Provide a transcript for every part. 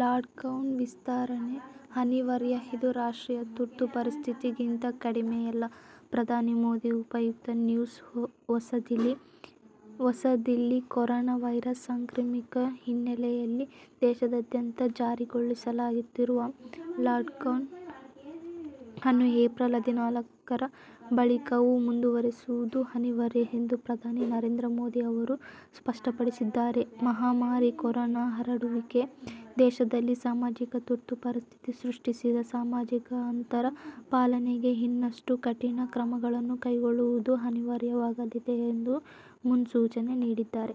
Lockdown ವಿಸ್ತರಣೆ ಅನಿವಾರ್ಯ, ಇದು 'ರಾಷ್ಟ್ರೀಯ ತುರ್ತು ಪರಿಸ್ಥಿತಿ'ಗಿಂತ ಕಡಿಮೆಯಲ್ಲ: ಪ್ರಧಾನಿ ಮೋದಿ ಉಪಯುಕ್ತ ನ್ಯೂಸ್ ಹೊಸದಿಲ್ಲಿ: ಕೊರೊನಾ ವೈರಸ್ ಸಾಂಕ್ರಾಮಿಕದ ಹಿನ್ನೆಲೆಯಲ್ಲಿ ದೇಶಾದ್ಯಂತ ಜಾರಿಗೊಳಿಸಲಾಗಿರುವ ಲಾಕ್ಡೌನ್ ಅನ್ನು ಏಪ್ರಿಲ್ ಹದಿನಾಲ್ಕರ ಬಳಿಕವೂ ಮುಂದುವರಿಸುವುದು ಅನಿವಾರ್ಯ ಎಂದು ಪ್ರಧಾನಿ ನರೇಂದ್ರ ಮೋದಿ ಅವರು ಸ್ಪಷ್ಟಪಡಿಸಿದ್ದಾರೆ. ಮಹಾಮಾರಿ ಕೊರೊನಾ ಹರಡುವಿಕೆ ದೇಶದಲ್ಲಿ ಸಾಮಾಜಿಕ ತುರ್ತು ಪರಿಸ್ಥಿತಿ ಸೃಷ್ಟಿಸಿದ್ದು, ಸಾಮಾಜಿಕ ಅಂತರ ಪಾಲನೆಗೆ ಇನ್ನಷ್ಟು ಕಠಿಣ ಕ್ರಮಗಳನ್ನು ಕೈಗೊಳ್ಳುವುದು ಅನಿವಾರ್ಯವಾಗಲಿದೆ ಎಂದು ಮುನ್ಸೂಚನೆ ನೀಡಿದ್ದಾರೆ.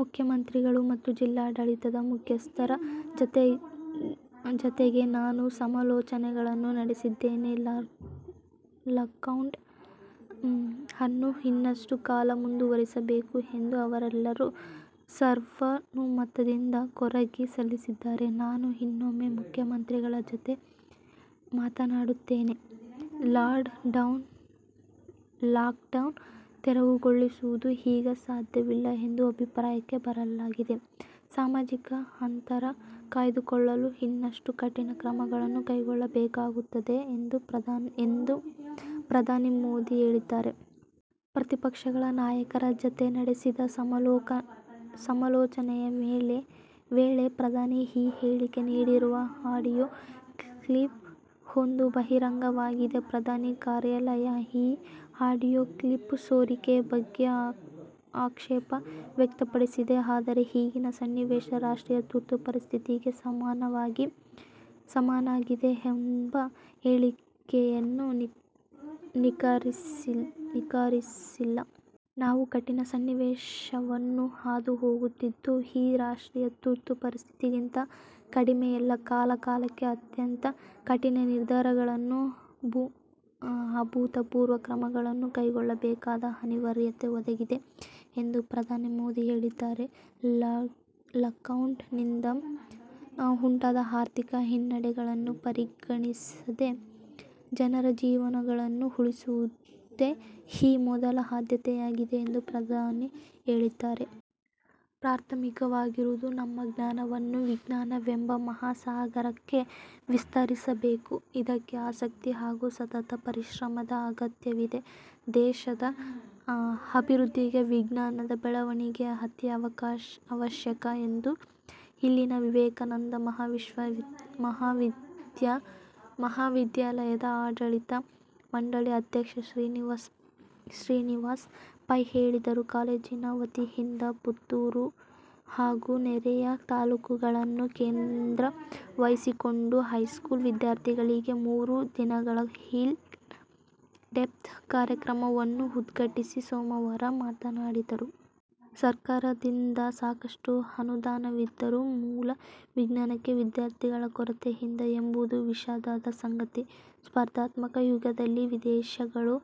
'ಮುಖ್ಯಮಂತ್ರಿಗಳು ಮತ್ತು ಜಿಲ್ಲಾಡಳಿತದ ಮುಖ್ಯಸ್ಥರ ಜತೆಗೆ ನಾನು ಸಮಾಲೋಚನೆಗಳನ್ನು ನಡೆಸಿದ್ದೇನೆ. ಲಾಕ್ಡೌನ್ ಅನ್ನು ಇನ್ನಷ್ಟು ಕಾಲ ಮುಂದುವರಿಸಬೇಕು ಎಂದು ಅವರೆಲ್ಲರೂ ಸರ್ವಾನುಮತದಿಂದ ಕೋರಿಕೆ ಸಲ್ಲಿಸಿದ್ದಾರೆ. ನಾನು ಇನ್ನೊಮ್ಮೆ ಮುಖ್ಯಮಂತ್ರಿಗಳ ಜತೆ ಮಾತನಾಡುತ್ತೇನೆ. ಲಾಕ್ ಡೌನ್ ತೆರವುಗೊಳಿಸುವುದು ಈಗ ಸಾಧ್ಯವಿಲ್ಲ ಎಂಬ ಅಭಿಪ್ರಾಯಕ್ಕೆ ಬರಲಾಗಿದೆ. ಸಾಮಾಜಿಕ ಅಂತರ ಕಾಯ್ದುಕೊಳ್ಳಲು ಇನ್ನಷ್ಟು ಕಠಿಣ ಕ್ರಮಗಳನ್ನು ಕೈಗೊಳ್ಳಬೇಕಾಗುತ್ತದೆ' ಎಂದು ಪ್ರಧಾನಿ ಮೋದಿ ಹೇಳಿದ್ದಾರೆ. ಪ್ರತಿಪಕ್ಷಗಳ ನಾಯಕರ ಜತೆ ನಡೆಸಿದ ಸಮಾಲೋಚನೆಯ ವೇಳೆ ಪ್ರಧಾನಿ ಈ ಹೇಳಿಕೆ ನೀಡಿರುವ ಆಡಿಯೋ ಕ್ಲಿಪ್ ಒಂದು ಬಹಿರಂಗವಾಗಿದೆ. ಪ್ರಧಾನಿ ಕಾರ್ಯಾಲಯ ಈ ಆಡಿಯೋ ಕ್ಲಿಪ್ ಸೋರಿಕೆ ಬಗ್ಗೆ ಆಕ್ಷೇಪ ವ್ಯಕ್ತಪಡಿಸಿದೆ; ಆದರೆ ಈಗಿನ ಸನ್ನಿವೇಶ ರಾಷ್ಟ್ರೀಯ ತುರ್ತು ಪರಿಸ್ಥಿತಿಗೆ ಸಮನಾಗಿದೆ ಎಂಬ ಹೇಳಿಕೆಯನ್ನು ನಿರಾಕರಿಸಿಲ್ಲ. 'ನಾವು ಕಠಿಣ ಸನ್ನಿವೇಶವನ್ನು ಹಾದುಹೋಗುತ್ತಿದ್ದು, ಇದು ರಾಷ್ಟ್ರೀಯ ತುರ್ತು ಪರಿಸ್ಥಿತಿಗಿಂತ ಕಡಿಮೆಯಲ್ಲ. ಕಾಲ ಕಾಲಕ್ಕೆ ಅತ್ಯಂತ ಕಠಿಣ ನಿರ್ಧಾರಗಳನ್ನು, ಅಭೂತಪೂರ್ವ ಕ್ರಮಗಳನ್ನು ಕೈಗೊಳ್ಳಬೇಕಾದ ಅನಿವಾರ್ಯತೆ ಒದಗಿದೆ' ಎಂದು ಪ್ರಧಾನಿ ಮೋದಿ ಹೇಳಿದ್ದಾರೆ. ಲಾಕ್ಡೌನ್ನಿಂದ ಉಂಟಾದ ಆರ್ಥಿಕ ಹಿನ್ನಡೆಗಳನ್ನು ಪರಿಗಣಿಸದೆ, ಜನರ ಜೀವಗಳನ್ನು ಉಳಿಸುವುದೇ ಈಗ ಮೊದಲ ಆದ್ಯತೆಯಾಗಿದೆ ಎಂದು ಪ್ರಧಾನಿ ಹೇಳಿದ್ದಾರೆ. ಪ್ರಾಥಮಿಕವಾಗಿರುವ ನಮ್ಮ ಜ್ಞಾನವನ್ನು ವಿಜ್ಞಾನವೆಂಬ ಮಹಾ ಸಾಗರಕ್ಕೆ ವಿಸ್ತರಿಸಬೇಕು. ಇದಕ್ಕೆ ಆಸಕ್ತಿ ಹಾಗೂ ಸತತ ಪರಿಶ್ರಮದ ಅಗತ್ಯವಿದೆ, ದೇಶದ ಅಭಿವೃದ್ಧಿಗೆ ವಿಜ್ಞಾನದ ಬೆಳವಣಿಗೆ ಅತೀ ಅವಶ್ಯಕ ಎಂದು ಇಲ್ಲಿನ ವಿವೇಕಾನಂದ ಮಹಾವಿದ್ಯಾಲಯದ ಆಡಳಿತ ಮಂಡಳಿ ಅಧ್ಯಕ್ಷ ಶ್ರೀನಿವಾಸ್ ಪೈ ಹೇಳಿದರು. ಕಾಲೇಜಿನ ವತಿಯಿಂದ ಪುತ್ತೂರು ಹಾಗೂ ನೆರೆಯ ತಾಲೂಕುಗಳನ್ನು ಕೇಂದ್ರವಾಗಿಸಿಕೊಂಡು ಹೈಸ್ಕೂಲ್ ವಿದ್ಯಾರ್ಥಿಗಳಿಗಾಗಿ ಮೂರು ದಿನಗಳ ಇನ್ ಡೆಪ್ತ್ ಕಾರ್ಯಕ್ರಮವನ್ನು ಉದ್ಘಾಟಿಸಿ ಸೋಮವಾರ ಮಾತನಾಡಿದರು. ಸರ್ಕಾರದಿಂದ ಸಾಕಷ್ಟು ಅನುದಾನವಿದ್ದರೂ ಮೂಲ ವಿಜ್ಞಾನಕ್ಕೆ ವಿದ್ಯಾರ್ಥಿಗಳ ಕೊರತೆಯಿದೆ ಎಂಬುವುದು ವಿಷಾದದ ಸಂಗತಿ. ಸ್ಪರ್ಧಾತ್ಮಕ ಯುಗದಲ್ಲಿ ವಿದೇಶಗಳು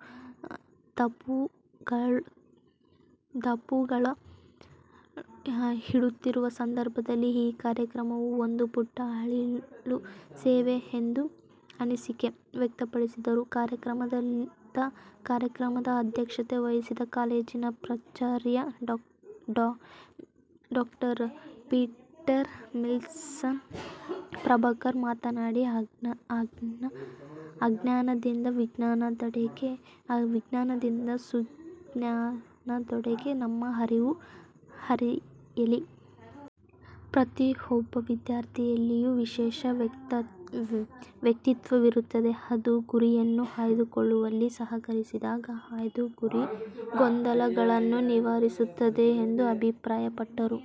ದಾಪುಗಾಲು ಇಡುತ್ತಿರುವ ಸಂದರ್ಭದಲ್ಲಿ ಈ ಕಾರ್ಯಕ್ರಮವು ಒಂದು ಪುಟ್ಟ ಅಳಿಲು ಸೇವೆ ಎಂದು ಅನಿಸಿಕೆ ವ್ಯಕ್ತಪಡಿಸಿದರು. ಕಾರ್ಯಕ್ರಮದ ಅಧ್ಯಕ್ಷತೆ ವಹಿಸಿದ್ದ ಕಾಲೇಜಿನ ಪ್ರಾಚಾರ್ಯ ಡಾ. ಪೀಟರ್ ವಿಲ್ಸನ್ ಪ್ರಭಾಕರ್ ಮಾತನಾಡಿ, ಅಜ್ಞಾನದಿಂದ ವಿಜ್ಞಾನದೆಡೆಗೆ, ವಿಜ್ಞಾನದಿಂದ ಸುಜ್ಞಾನದೆಡೆಗೆ ನಮ್ಮ ಅರಿವು ಹರಿಯಲಿ. ಪ್ರತಿಯೊಬ್ಬ ವಿದ್ಯಾರ್ಥಿಯಲ್ಲಿಯೂ ವಿಶೇಷ ವ್ಯಕ್ತಿತ್ವವಿರುತ್ತದೆ. ಅದು ಗುರಿಯನ್ನು ಆಯ್ದುಕೊಳ್ಳುವಲ್ಲಿ ಸಹಕರಿಸಿದಾಗ ಆಯ್ದ ಗುರಿ ಗೊಂದಲಗಳನ್ನು ನಿವಾರಿಸುತ್ತದೆ ಎಂದು ಅಭಿಪ್ರಾಯಪಟ್ಟರು.